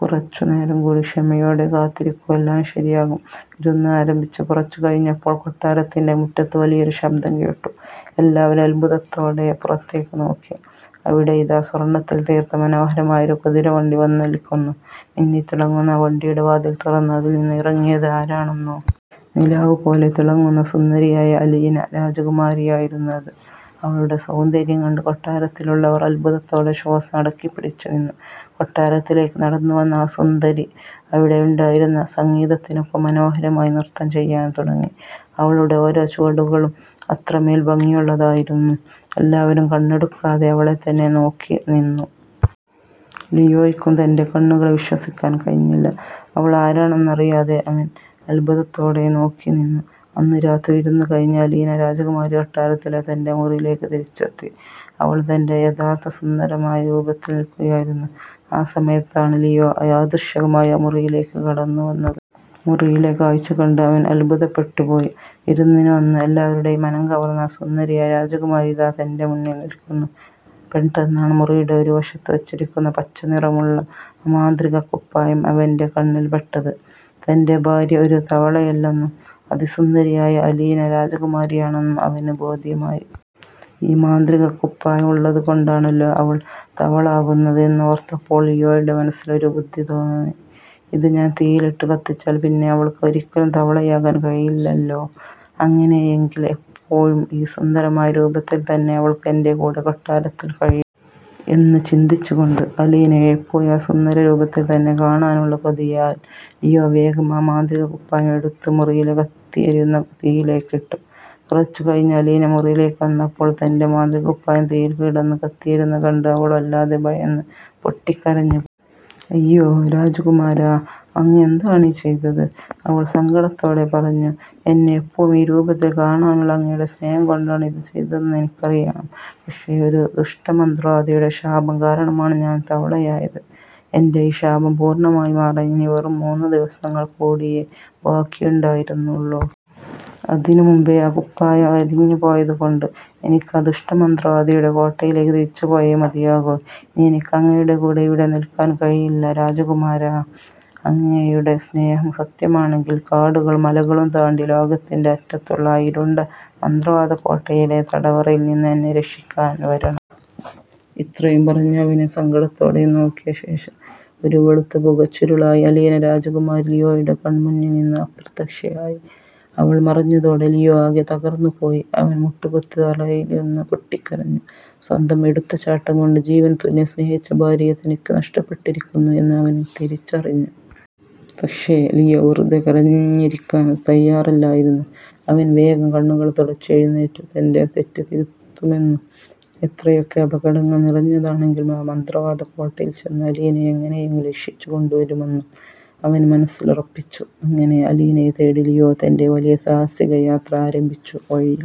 കുറച്ചുനേരം കൂടി ക്ഷമയോടെ കാത്തിരിക്കൂ, എല്ലാം ശരിയാകും. " വിരുന്ന് ആരംഭിച്ച് കുറച്ചുകഴിഞ്ഞപ്പോൾ, കൊട്ടാരത്തിന്റെ മുറ്റത്ത് വലിയൊരു ശബ്ദം കേട്ടു. എല്ലാവരും അത്ഭുതത്തോടെ പുറത്തേക്ക് നോക്കി. അവിടെ ഇതാ സ്വർണത്തിൽ തീർത്ത മനോഹരമായൊരു കുതിരവണ്ടി വന്നുനിൽക്കുന്നു! മിന്നിത്തിളങ്ങുന്ന ആ വണ്ടിയുടെ വാതിൽ തുറന്ന് അതിൽനിന്നും ഇറങ്ങിയത് ആരാണെന്നോ? നിലാവ് പോലെ തിളങ്ങുന്ന സുന്ദരിയായ അലീന രാജകുമാരിയായിരുന്നു അത്! അവളുടെ സൗന്ദര്യം കണ്ട് കൊട്ടാരത്തിലുള്ളവർ അത്ഭുതത്തോടെ ശ്വാസം അടക്കിപ്പിടിച്ചു നിന്നു. കൊട്ടാരത്തിലേക്ക് നടന്നു വന്ന ആ സുന്ദരി അവിടെയുണ്ടായിരുന്ന സംഗീതത്തിനൊപ്പം മനോഹരമായി നൃത്തം ചെയ്യാൻ തുടങ്ങി. അവളുടെ ഓരോ ചുവടുകളും അത്രമേൽ ഭംഗിയുള്ളതായിരുന്നു. എല്ലാവരും കണ്ണെടുക്കാതെ അവളെത്തന്നെ നോക്കിനിന്നു. ലിയോയ്ക്കും തന്റെ കണ്ണുകളെ വിശ്വസിക്കാൻ കഴിഞ്ഞില്ല; അവൾ ആരാണെന്നറിയാതെ അവൻ അത്ഭുതത്തോടെ നോക്കിനിന്നു. അന്ന് രാത്രി വിരുന്ന് കഴിഞ്ഞ്, അലീന രാജകുമാരി കൊട്ടാരത്തിലെ തന്റെ മുറിയിലേക്ക് തിരിച്ചെത്തി. അവൾ തന്റെ യഥാർത്ഥ സുന്ദരമായ രൂപത്തിൽ നിൽക്കുകയായിരുന്നു. ആ സമയത്താണ് ലിയോ യാദൃച്ഛികമായി ആ മുറിയിലേക്ക് കടന്നുവന്നത്! മുറിയിലെ കാഴ്ച കണ്ട് അവൻ അത്ഭുതപ്പെട്ടുപോയി! വിരുന്നിന് വന്ന് എല്ലാവരുടെയും മനംകവർന്ന ആ സുന്ദരിയായ രാജകുമാരി ഇതാ തന്റെ മുന്നിൽ നിൽക്കുന്നു! പെട്ടെന്നാണ് മുറിയുടെ ഒരു വശത്ത് വച്ചിരിക്കുന്ന പച്ചനിറമുള്ള ആ മാന്ത്രികക്കുപ്പായം അവന്റെ കണ്ണിൽ പെട്ടത്. തന്റെ ഭാര്യ ഒരു തവളയല്ലെന്നും, അതിസുന്ദരിയായ അലീന രാജകുമാരിയാണെന്നും അവന് ബോധ്യമായി. ഈ മാന്ത്രികക്കുപ്പായം ഉള്ളത് കൊണ്ടാണല്ലോ അവൾ തവള ആകുന്നത് എന്ന് ഓർത്തപ്പോൾ ലിയോയുടെ മനസ്സിൽ ഒരു ബുദ്ധി തോന്നി. "ഇത് ഞാൻ തീയിലിട്ട് കത്തിച്ചാൽ പിന്നെ അവൾക്ക് ഒരിക്കലും തവളയാകാൻ കഴിയില്ലല്ലോ! അങ്ങനെയെങ്കിൽ എപ്പോഴും ഈ സുന്ദരമായ രൂപത്തിൽ തന്നെ അവൾക്ക് എന്റെ കൂടെ കൊട്ടാരത്തിൽ കഴിയാം. " എന്ന് ചിന്തിച്ചുകൊണ്ട്, അലീനയെ എപ്പോഴും ആ സുന്ദര രൂപത്തിൽ തന്നെ കാണാനുള്ള കൊതിയാൽ ലിയോ വേഗം ആ മാന്ത്രികക്കുപ്പായം എടുത്ത് മുറിയിലെ കത്തിയെരിയുന്ന തീയിലേക്ക് ഇട്ടു! കുറച്ചുകഴിഞ്ഞ് അലീന മുറിയിലേക്ക് വന്നപ്പോൾ, തന്റെ മാന്ത്രികക്കുപ്പായം തീയിൽ കിടന്ന് കത്തിയെരിയുന്നത് കണ്ട് അവൾ വല്ലാതെ ഭയന്ന് പൊട്ടിക്കരഞ്ഞുപോയി! "അയ്യോ രാജകുമാരാ, അങ്ങ് എന്താണീ ചെയ്തത്? " അവൾ സങ്കടത്തോടെ പറഞ്ഞു. "എന്നെ എപ്പോഴും ഈ രൂപത്തിൽ കാണാനുള്ള അങ്ങയുടെ സ്നേഹം കൊണ്ടാണ് ഇത് ചെയ്തതെന്ന് എനിക്കറിയാം. പക്ഷേ, ഒരു ദുഷ്ടമന്ത്രവാദിയുടെ ശാപം കാരണമാണ് ഞാൻ തവളയായത്. എന്റെ ഈ ശാപം പൂർണ്ണമായി മാറാൻ ഇനി വെറും മൂന്ന് ദിവസങ്ങൾ കൂടിയേ ബാക്കിയുണ്ടായിരുന്നുള്ളൂ! അതിനുമുൻപേ ആ കുപ്പായം കരിഞ്ഞു പോയതുകൊണ്ട്, എനിക്ക് ആ ദുഷ്ടമന്ത്രവാദിയുടെ കോട്ടയിലേക്ക് തിരിച്ചുപോയേ മതിയാകൂ. ഇനി എനിക്ക് അങ്ങയുടെ കൂടെ ഇവിടെ നിൽക്കാൻ കഴിയില്ല രാജകുമാരാ! അങ്ങയുടെ സ്നേഹം സത്യമാണെങ്കിൽ, കാടുകളും മലകളും താണ്ടി ലോകത്തിന്റെ അറ്റത്തുള്ള ആ ഇരുണ്ട മന്ത്രവാദക്കോട്ടയിലെ തടവറയിൽ നിന്ന് എന്നെ രക്ഷിക്കാൻ വരണം! " ഇത്രയും പറഞ്ഞ് അവനെ സങ്കടത്തോടെയൊന്നു നോക്കിയ ശേഷം, ഒരു വെളുത്ത പുകച്ചുരുളായി അലീന രാജകുമാരി ലിയോയുടെ കൺമുന്നിൽ നിന്നും അപ്രത്യക്ഷയായി! അവൾ മറഞ്ഞതോടെ ലിയോ ആകെ തകർന്നുപോയി. അവൻ മുട്ടുകുത്തി തറയിലിരുന്ന് പൊട്ടിക്കരഞ്ഞു. സ്വന്തം എടുത്തുചാട്ടം കൊണ്ട്, ജീവനുതുല്യം സ്നേഹിച്ച ഭാര്യയെ തനിക്ക് നഷ്ടപ്പെട്ടിരിക്കുന്നു എന്ന് അവൻ തിരിച്ചറിഞ്ഞു. പക്ഷേ, ലിയോ വെറുതെ കരഞ്ഞിരിക്കാൻ തയ്യാറല്ലായിരുന്നു! അവൻ വേഗം കണ്ണുകൾ തുടച്ച് എഴുന്നേറ്റു. തന്റെ തെറ്റ് തിരുത്തുമെന്നും, എത്രയൊക്കെ അപകടങ്ങൾ നിറഞ്ഞതാണെങ്കിലും ആ മന്ത്രവാദക്കോട്ടയിൽ ചെന്ന് അലീനയെ എങ്ങനെയെങ്കിലും രക്ഷിച്ചു കൊണ്ടുവരുമെന്നും അവൻ മനസ്സിലുറപ്പിച്ചു. അങ്ങനെ, അലീനയെ തേടി ലിയോ തന്റെ വലിയ സാഹസിക യാത്ര ആരംഭിച്ചു. വഴിയിൽ